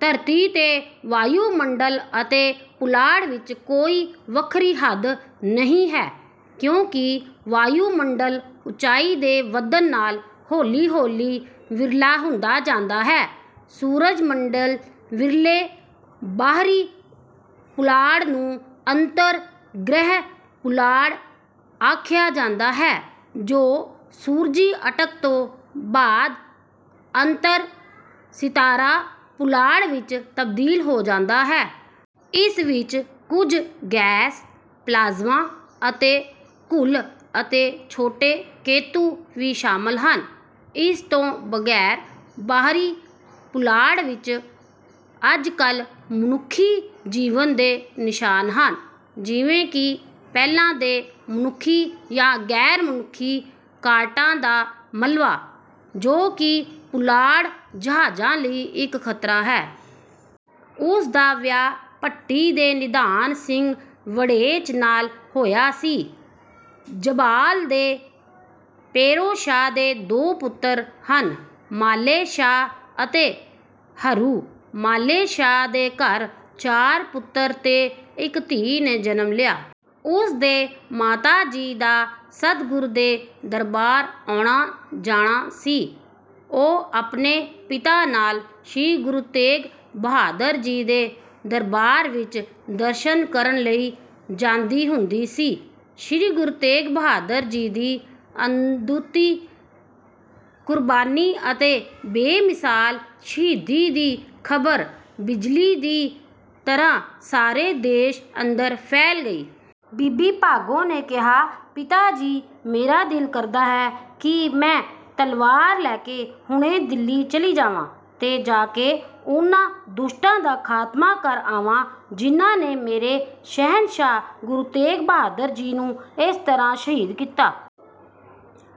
ਧਰਤੀ ਦੇ ਵਾਯੂਮੰਡਲ ਅਤੇ ਪੁਲਾੜ ਵਿੱਚ ਕੋਈ ਵੱਖਰੀ ਹੱਦ ਨਹੀਂ ਹੈ, ਕਿਉਂਕਿ ਵਾਯੂਮੰਡਲ ਉੱਚਾਈ ਦੇ ਵਧਣ ਨਾਲ ਹੌਲੀ ਹੌਲੀ ਵਿਰਲਾ ਹੁੰਦਾ ਜਾਂਦਾ ਹੈ। ਸੂਰਜ ਮੰਡਲ ਵਿਚਲੇ ਬਾਹਰੀ ਪੁਲਾੜ ਨੂੰ ਅੰਤਰ ਗ੍ਰਹਿ ਪੁਲਾੜ ਆਖਿਆ ਜਾਂਦਾ ਹੈ, ਜੋ ਸੂਰਜੀ ਅਟਕ ਤੋਂ ਬਾਅਦ ਅੰਤਰ ਸਿਤਾਰਾ ਪੁਲਾੜ ਵਿੱਚ ਤਬਦੀਲ ਹੋ ਜਾਂਦਾ ਹੈ। ਇਸ ਵਿੱਚ ਕੁਝ ਗੈਸ, ਪਲਾਜ਼ਮਾ ਅਤੇ ਘੁੱਲ ਅਤੇ ਛੋਟੇ ਕੇਤੂ ਵੀ ਸ਼ਾਮਲ ਹਨ। ਇਸ ਤੋਂ ਬਗੈਰ ਬਾਹਰੀ ਪੁਲਾੜ ਵਿੱਚ ਅੱਜਕੱਲ੍ਹ ਮਨੁੱਖੀ ਜੀਵਨ ਦੇ ਨਿਸ਼ਾਨ ਹਨ, ਜਿਵੇਂ ਕਿ ਪਹਿਲਾਂ ਦੇ ਮਨੁੱਖੀ ਯਾ ਗੈਰ ਮਨੁੱਖੀ ਰਾਕਟਾਂ ਦਾ ਮਲਬਾ, ਜੋ ਕਿ ਪੁਲਾੜ ਜਹਾਜ਼ਾਂ ਲਈ ਇੱਕ ਖਤਰਾ ਹੈ। ਉਸ ਦਾ ਵਿਆਹ ਪੱਟੀ ਦੇ ਨਿਧਾਨ ਸਿੰਘ ਵੜੈਚ ਨਾਲ ਹੋਇਆ ਸੀ। ਝਬਾਲ ਦੇ ਪੇਰੋ ਸ਼ਾਹ ਦੇ ਦੋ ਪੁੱਤਰ ਹਨ, ਮਾਲੇ ਸ਼ਾਹ ਅਤੇ ਹਰੂ। ਮਾਲੇ ਸ਼ਾਹ ਦੇ ਘਰ ਚਾਰ ਪੁੱਤਰ ਤੇ ਇੱਕ ਧੀ ਨੇ ਜਨਮ ਲਿਆ। ਉਸ ਦੇ ਮਾਤਾ ਜੀ ਦਾ ਸਤਿਗੁਰੂ ਦੇ ਦਰਬਾਰ ਆਉਣਾ ਜਾਣਾ ਸੀ। ਉਹ ਆਪਣੇ ਪਿਤਾ ਨਾਲ ਸ੍ਰੀ ਗੁਰੂ ਤੇਗ ਬਹਾਦਰ ਜੀ ਦੇ ਦਰਬਾਰ ਵਿਚ ਦਰਸ਼ਨ ਕਰਨ ਲਈ ਜਾਂਦੀ ਹੁੰਦੀ ਸੀ। ਸ੍ਰੀ ਗੁਰੂ ਤੇਗ ਬਹਾਦਰ ਜੀ ਦੀ ਅਦੁੱਤੀ ਕੁਰਬਾਨੀ ਅਤੇ ਬੇਮਿਸਾਲ ਸ਼ਹੀਦੀ ਦੀ ਖਬਰ ਬਿਜਲੀ ਦੀ ਤਰ੍ਹਾਂ ਸਾਰੇ ਦੇਸ਼ ਅੰਦਰ ਫੈਲ ਗਈ। ਬੀਬੀ ਭਾਗੋ ਨੇ ਕਿਹਾ, ਪਿਤਾ ਜੀ, ਮੇਰਾ ਦਿਲ ਕਰਦਾ ਹੈ ਕਿ ਮੈਂ ਤਲਵਾਰ ਲੈ ਕੇ ਹੁਣੇ ਦਿੱਲੀ ਚਲੀ ਜਾਵਾਂ, ਤੇ ਜਾ ਕੇ ਉਨ੍ਹਾਂ ਦੁਸ਼ਟਾਂ ਦਾ ਖਾਤਮਾ ਕਰ ਆਵਾਂ, ਜਿਨ੍ਹਾਂ ਨੇ ਮੇਰੇ ਸ਼ਹਿਨਸ਼ਾਹ ਗੁਰੂ ਤੇਗ ਬਹਾਦਰ ਜੀ ਨੂੰ ਇਸ ਤਰ੍ਹਾਂ ਸ਼ਹੀਦ ਕੀਤਾ।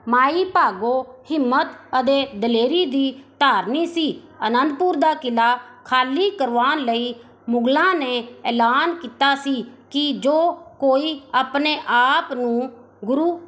ਮਾਈ ਭਾਗੋ ਹਿੰਮਤ ਅਤੇ ਦਲੇਰੀ ਦੀ ਧਾਰਨੀ ਸੀ। ਅਨੰਦਪੁਰ ਦਾ ਕਿਲਾ ਖਾਲੀ ਕਰਵਾਉਣ ਲਈ ਮੁਗਲਾਂ ਨੇ ਐਲਾਨ ਕੀਤਾ ਸੀ ਕਿ ਜੋ ਕੋਈ ਅਪਣੇ ਆਪ ਨੂੰ ਗੁਰੂ